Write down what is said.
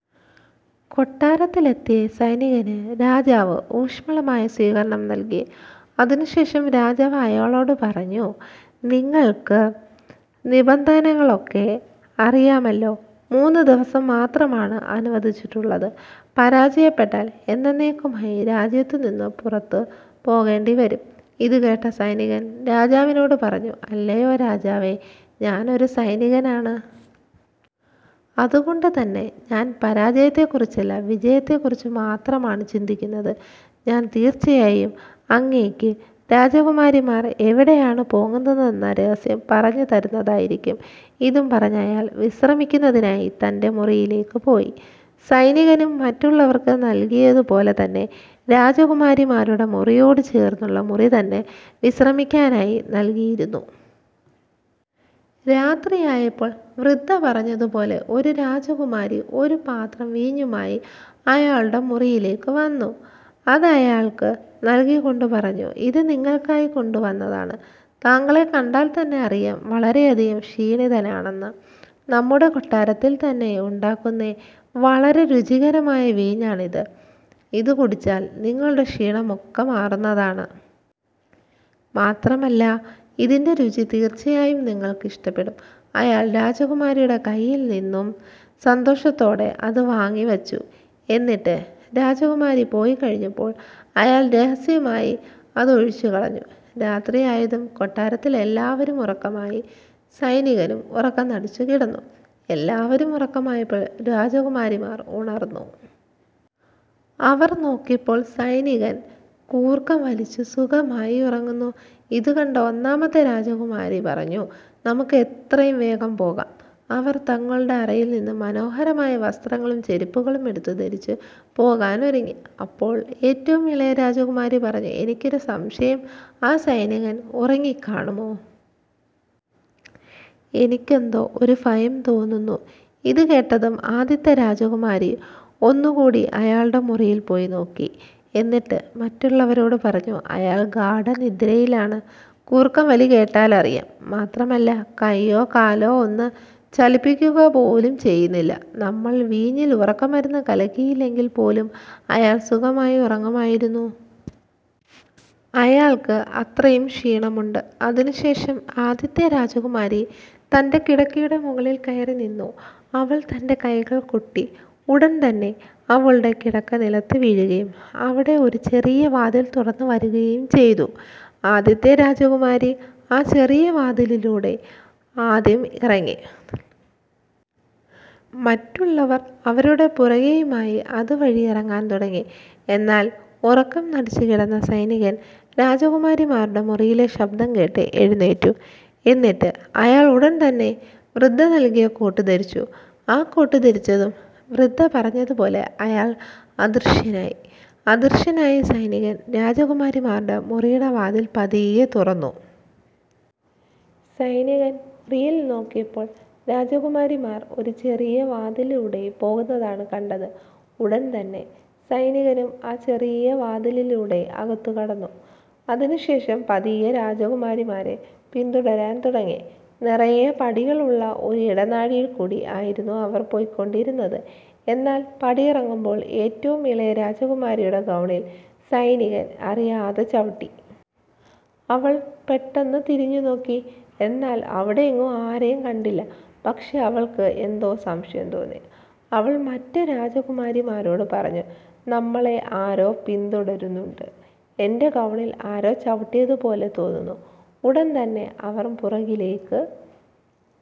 കൊട്ടാരത്തിലെത്തിയ സൈനികന് രാജാവ് ഊഷ്മളമായ സ്വീകരണം നൽകി. അതിനു ശേഷം രാജാവ് അയാളോട് പറഞ്ഞു. "നിങ്ങൾക്ക് നിബന്ധനകളൊക്കെ അറിയാമല്ലോ. മൂന്ന് ദിവസം മാത്രമാണ് അനുവദിച്ചിട്ടുള്ളത്. പരാജയപ്പെട്ടാൽ എന്നെന്നേക്കുമായി രാജ്യത്തു നിന്നു പുറത്തു പോകേണ്ടിവരും. " ഇതുകേട്ട സൈനികൻ രാജാവിനോട് പറഞ്ഞു "അല്ലയോ രാജാവേ, ഞാനൊരു സൈനികനാണ്. അതുകൊണ്ടു തന്നെ ഞാൻ പരാജയത്തെക്കുറിച്ചല്ല വിജയത്തെക്കുറിച്ച് മാത്രമാണ് ചിന്തിക്കുന്നത്. ഞാൻ തീർച്ചയായും അങ്ങേയ്ക്ക് രാജകുമാരിമാർ എവിടെയാണ് പോകുന്നതെന്ന രഹസ്യം പറഞ്ഞു തരുന്നതായിരിക്കും. " ഇതും പറഞ്ഞ് അയാൾ വിശ്രമിക്കുന്നതിനായി തൻ്റെ മുറിയിലേക്ക് പോയി. സൈനികനും മറ്റുള്ളവർക്ക് നൽകിയതു പോലെ തന്നെ രാജകുമാരിമാരുടെ മുറിയോട് ചേർന്നുള്ള മുറി തന്നെ വിശ്രമിക്കാനായി നൽകിയിരുന്നു. രാത്രിയായപ്പോൾ വൃദ്ധ പറഞ്ഞതുപോലെ ഒരു രാജകുമാരി ഒരു പാത്രം വീഞ്ഞുമായി അയാളുടെ മുറിയിലേക്ക് വന്നു. അതയാൾക്ക് നൽകിക്കൊണ്ട് പറഞ്ഞു. "ഇത് നിങ്ങൾക്കായി കൊണ്ടുവന്നതാണ്. താങ്കളെ കണ്ടാൽ തന്നെ അറിയാം വളരെയധികം ക്ഷീണിതനാണെന്ന്. നമ്മുടെ കൊട്ടാരത്തിൽ തന്നെ ഉണ്ടാക്കുന്ന വളരെ രുചികരമായ വീഞ്ഞാണിത്. ഇതു കുടിച്ചാൽ നിങ്ങളുടെ ക്ഷീണമൊക്കെ മാറുന്നതാണ്. മാത്രമല്ല ഇതിൻ്റെ രുചി തീർച്ചയായും നിങ്ങൾക്ക് ഇഷ്ടപ്പെടും. " അയാൾ രാജകുമാരിയുടെ കയ്യിൽനിന്നും സന്തോഷത്തോടെ അത് വാങ്ങി വച്ചു. എന്നിട്ട് രാജകുമാരി പോയി കഴിഞ്ഞപ്പോൾ അയാൾ രഹസ്യമായി അതൊഴിച്ചു കളഞ്ഞു. രാത്രിയായതും കൊട്ടാരത്തിൽ എല്ലാവരും ഉറക്കമായി. സൈനികനും ഉറക്കം നടിച്ചു കിടന്നു. എല്ലാവരും ഉറക്കമായപ്പോൾ രാജകുമാരിമാർ ഉണർന്നു. അവർ നോക്കിയപ്പോൾ സൈനികൻ കൂർക്കം വലിച്ചു സുഖമായി ഉറങ്ങുന്നു. ഇതുകണ്ട ഒന്നാമത്തെ രാജകുമാരി പറഞ്ഞു നമുക്ക് എത്രയും വേഗം പോകാം. അവർ തങ്ങളുടെ അറയിൽ നിന്നും മനോഹരമായ വസ്ത്രങ്ങളും ചെരിപ്പുകളും എടുത്തു ധരിച്ച് പോകാനൊരുങ്ങി. അപ്പോൾ ഏറ്റവും ഇളയ രാജകുമാരി പറഞ്ഞു "എനിക്കൊരു സംശയം ആ സൈനികൻ ഉറങ്ങിക്കാണുമോ? എനിക്കെന്തോ ഒരു ഭയം തോന്നുന്നു. " ഇതുകേട്ടതും ആദ്യത്തെ രാജകുമാരി ഒന്നുകൂടി അയാളുടെ മുറിയിൽ പോയി നോക്കി. എന്നിട്ടു മറ്റുള്ളവരോട് പറഞ്ഞു "അയാൾ ഗാഢനിദ്രയിലാണ്. കൂർക്കംവലി കേട്ടാലറിയാം. മാത്രമല്ല കയ്യോ കാലോ ഒന്ന് ചലിപ്പിക്കുക പോലും ചെയ്യുന്നില്ല. നമ്മൾ വീഞ്ഞിൽ ഉറക്കമരുന്നു കലക്കിയില്ലെങ്കിൽ പോലും അയാൾ സുഖമായി ഉറങ്ങുമായിരുന്നു. അയാൾക്ക് അത്രയും ക്ഷീണമുണ്ട്. " അതിനുശേഷം ആദ്യത്തെ രാജകുമാരി തൻ്റെ കിടക്കയുടെ മുകളിൽ കയറി നിന്നു. അവൾ തൻ്റെ കൈകൾ കൊട്ടി. ഉടൻതന്നെ അവളുടെ കിടക്ക നിലത്തു വീഴുകയും അവിടെ ഒരു ചെറിയ വാതിൽ തുറന്നു വരുകയും ചെയ്തു. ആദ്യത്തെ രാജകുമാരി ആ ചെറിയ വാതിലൂടെ ആദ്യം ഇറങ്ങി. മറ്റുള്ളവർ അവരുടെ പുറകെയുമായി അതു വഴി ഇറങ്ങാൻ തുടങ്ങി. എന്നാൽ ഉറക്കം നടിച്ചു കിടന്ന സൈനികൻ രാജകുമാരിമാരുടെ മുറിയിലെ ശബ്ദം കേട്ട് എഴുന്നേറ്റു. എന്നിട്ട് അയാൾ ഉടൻതന്നെ വൃദ്ധ നൽകിയ കോട്ടു ധരിച്ചു. ആ കോട്ട് ധരിച്ചതും വൃദ്ധ പറഞ്ഞതുപോലെ അയാൾ അദൃശനായി. അദൃശനായ സൈനികൻ രാജകുമാരിമാരുടെ മുറിയുടെ വാതിൽ പതിയെ തുറന്നു. സൈനികൻ മുറിയിൽ നോക്കിയപ്പോൾ രാജകുമാരിമാർ ഒരു ചെറിയ വാതിലൂടെ പോകുന്നതാണ് കണ്ടത്. ഉടൻതന്നെ സൈനികനും ആ ചെറിയ വാതിലിലൂടെ അകത്തു കടന്നു. അതിനു ശേഷം പതിയെ രാജകുമാരിമാരെ പിന്തുടരാൻ തുടങ്ങി. നിറയെ പടികൾ ഉള്ള ഒരു ഇടനാഴിയിൽകൂടി ആയിരുന്നു അവർ പോയികൊണ്ടിരുന്നത്. എന്നാൽ പടിയിറങ്ങുമ്പോൾ ഏറ്റവും ഇളയ രാജകുമാരിയുടെ ഗൗണിൽ സൈനികൻ അറിയാതെ ചവിട്ടി. അവൾ പെട്ടെന്ന് തിരിഞ്ഞുനോക്കി. എന്നാൽ അവിടെയെങ്ങും ആരെയും കണ്ടില്ല. പക്ഷേ അവൾക്ക് എന്തോ സംശയം തോന്നി. അവൾ മറ്റു രാജകുമാരിമാരോട് പറഞ്ഞു "നമ്മളെ ആരോ പിന്തുടരുന്നുണ്ട്. എൻ്റെ ഗൗണിൽ ആരോ ചവിട്ടിയതു പോലെ തോന്നുന്നു. " ഉടൻ തന്നെ അവർ പുറകിലേക്ക്